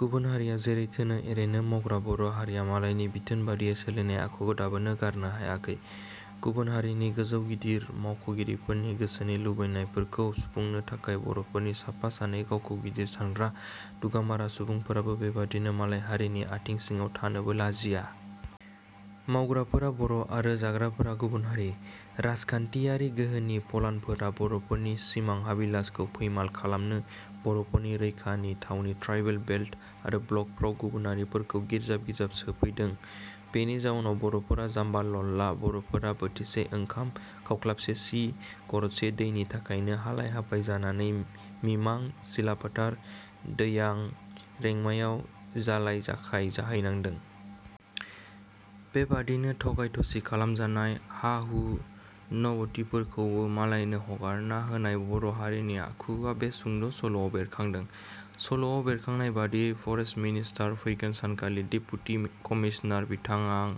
गुबुन हारिया जेरै थोनो एरैनो मावग्रा बर' हारिया मालायनि बिथोन बादियै सोलिनाय आखुखौ दाबोनो गारनो हायाखै। गुबुन हारिनि गोजौ गिदिर मावख'गिरिफोरनि गोसोनि लुबैनायफोरखौ सुफुंनो थाखाय बर'फोरनि साफा सानै गावखौ गिदिर सानग्रा दुगामारा सुबुंफोराबो बेबादिनो मालाय हारिनि आथिं सिङाव थानोबो लाजिया। मावग्राफोरा बर' आरो जाग्राफोरा गुबुन हारि। राजखान्थियारि गोहोनि फलानफोरा बर'फोरनि सिमां हाबिलासखौ फैमाल खालामनो, बर'फोरनि रैखानि थावनि ट्राइबेल बेल्ट आरो ब्लकफ्राव गुबुनारिफोरखौ गिर्जाब गिर्जाब सोफैदों। बेनि जाउनाव बर'फोरा जाम्बा लल्ला बर'फोरा बोथिसे ओंखाम, खावख्लाबसे सि, गरदसे दैनि थाखायनो हालाय-हाफाय जानानै मिमां, सिलाफोथार, दैयां, रेंमायाव जालाय-जाखाय जाहैनांदों। बेबादिनो थगाय-थसि खालामजानाय, हा-हु नबथिफोरखौबो मालायनो हगारना होनाय बर' हारिनि आखुआ बे सुंद' सल'आव बेरखांदों। सल'आव बेरखांनाय बादियै फरेष्ट मिनिस्थार फैगोन सानखालि डेपुटि कमिसनार बिथाआं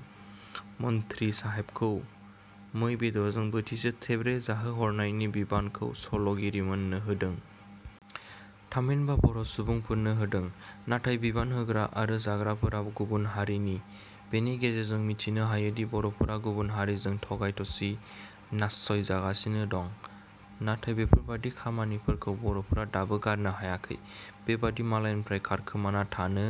मनथ्रि साहेबखौ मै बेदरजों बोथिसे थेब्रे जाहोहरनायनि बिबानखौ सल'गिरिमोननो होदों। थामहिनबा बर' सुबुंफोरनो होदों। नाथाइ बिबान होग्रा आरो जाग्राफोरा गुबुन हारिनि। बेनि गेजेरजों मिथिनो हायोदि बर'फोरा गुबुन हारिजों थगाय थसि, नाससयजागासिनो दं। नाथाय बेफोरबादि खामानिफोरखौ बर'फोरा दाबो गारनो हायाखै। बेबादि मालायनिफ्राय खारखोमाना थानो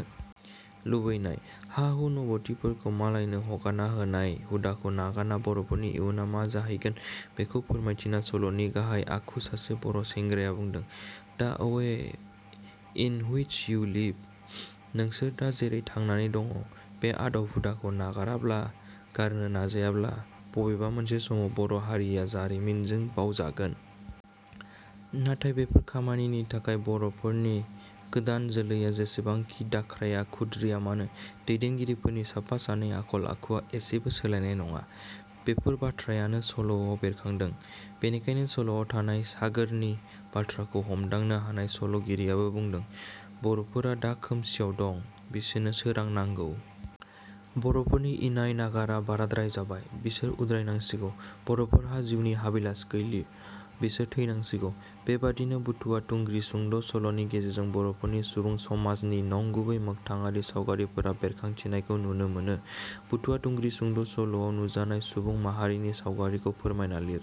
लुबैनाय, हा-हु नबथिफोरखौ मालायनो हगारना होनाय हुदाखौ नागारना बर'फोरनि इयुना मा जाहैगोन बेखौ फोरमायथिना सल'नि गाहाय आखु सासे बर' सेंग्राया बुंदों- "दा away in which U live- नोंसोर दा जैरै थांनानै दङ' बे आदब हुदाखौ नागाराब्ला, गारनो नाजायाब्ला बबेबा मोनसे समाव बर' हारिया जारिमिजों बावजागोन। " नाथाय बेफोर खामानिनि थाखाय बर 'फोरनि गोदान जोलैया जेसेबांखि दाख्राया खुद्रिया मानो दैदेनगिरिफोरनि साफा सानै आखल आखुवा इसेबो सोलायनाय नङा। बेफोर बाथ्रायानो सल'आव बेरखांदों। बेनिखायनो सल'आव थानाय सागोरनि बाथ्राखौ हमदांनो हानानै सल'गिरियाबो बुंदों – "बर'फोरा दा खोमसियाव दं- बिसोरनो सोरां नांगौ। बर'फोरनि इनाय नागारा बाराद्राय जाबाय- बिसोर उद्राय नांसिगौ। बर'फोरहा जिउनि हाबिलास गैलिय बिसोर थैनांसिगौ। " बेबादिनो "बुथुवा थुंग्रि" सुंद' सल'नि गेजेरजों बर'फोरनि सुबुं समाजनि नंगुबै मोगथाङारि सावगारिफोरा बेरखांथिनायखौ नुनो मोनो।. 'बुथुवा थुंग्रि' सुंद' सल'आव नुजानाय सुबुं माहारिनि सावगारिखौ फोरमायना लिर।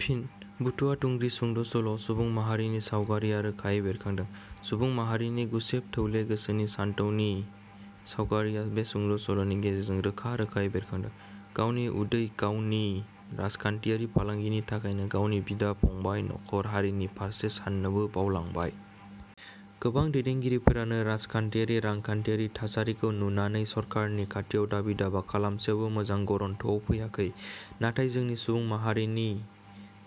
फिन: "बुथुवा थुंग्रि" सुंद' सल'आव सुबुं माहारिनि सावगारिया रोखायै बेरखांदों। सुबुं माहारिनि गुसेब थौले गोसोनि सानथौनि सावगारिया बे सुंद' सलनि गेजेरजों रोखा रोखायै बेरखांदों। गावनि उदै, गावनि राजखान्थियारि फालांगिनि थाखायनो गावनि बिदा फंबाय, नखर, हारिनि फारसे साननोबो बावलांबाय। गोबां दैदेनगिरिफोरानो राजखान्थियारि, रांखान्थियारि थासारिखौ नुनानै सरखारनि खाथियाव दाबि दाबा खालामसेयावबो मोजां गरन्थ'आव फैयाखै। नाथाय जोंनि सुबुं माहारिनि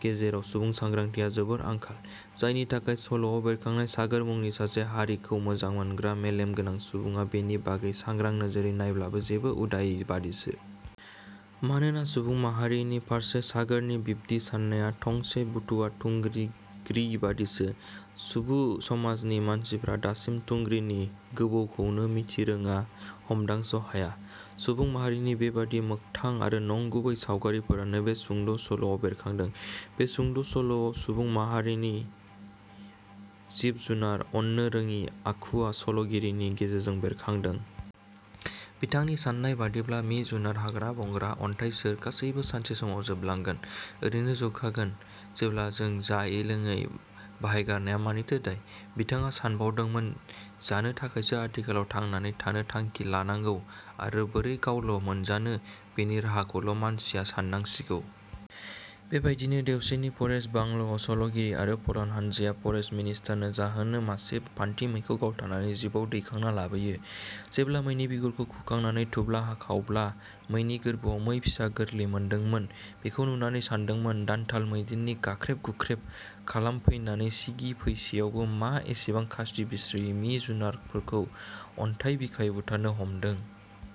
गेजेराव सुबुं सांग्रांथिया जोबोर आंखाल। जायनि थाखाय सल'वाव बेरखांनाय 'सागोर' मुंनि सासे हारिखौ मोजां मोनग्रा मेलेमगोनां सुबुङा बेनि बागै सांग्रां नोजोरै नायब्लाबो जेबो उदायै बादिसो। मानोना सुबुं माहारिनि फारसे सागोरनि बिब्दि साननाया गंसे बुथुवा थुंग्रि ग्रि बादिसो। सुबु समाजनि मानसिफ्रा दासिम थुंग्रिनि गोबौखौनो मिथिरोङा हमदांस' हाया। सुबुं माहारिनि बेबादि मोगथां आरो नंगुबै सावगारिफोरानो बे सुंद' सल'आव बेरखांदों। बे सुंद' सल'आव सुबुं माहारानि जिब-जुनार अननो रोङि आखुवा सल'गिरिनि गेजेरजों बेरखांदों। बिथांनि साननाय बादिब्ला मि-जुनार, हाग्रा-बंग्रा, अन्थाइ-सोर गासैबो सानसे समाव जोबलांगोन। ओरैनो जोवखागोन जेब्ला जों जायै-लोडै बाहायगारनाया मानिथो दाय? बिथाङा सानबावदोंमोन जानो थाखायसो आथिखालाव थांनानै थानो थांखि लानांगौ आरो बोरै गावल' मोनजानो बेनि राहाखौल' मानसिया साननांसिगौ। बेबायदिनो देउस्रिनि फरेष्ट बांल'आव सल'गिरि आरो फलान हानजाया फरेष्ट मिनिस्थारनो जाहोनो मासे फान्थि मैखौ गावथारनानै जिपआव दैखांना लाबोयो। जेब्ला मैनि बिगुरखौ खुखांनानै थुब्ला हाखावब्ला मैनि गोरबोआव मै फिसा गोरलै मोनदोंमोन। बेखौ नुनानै सानदोंमोन दान्थाल मैदेरनि गाख्रेब गुख्रेब खालामफैनानै सिगि फैसेयावबो मा एसेबां खास्रि बिस्रियै मि-जुनारफोरखौ अन्थाइ बिखायै बुथारनो हमदों।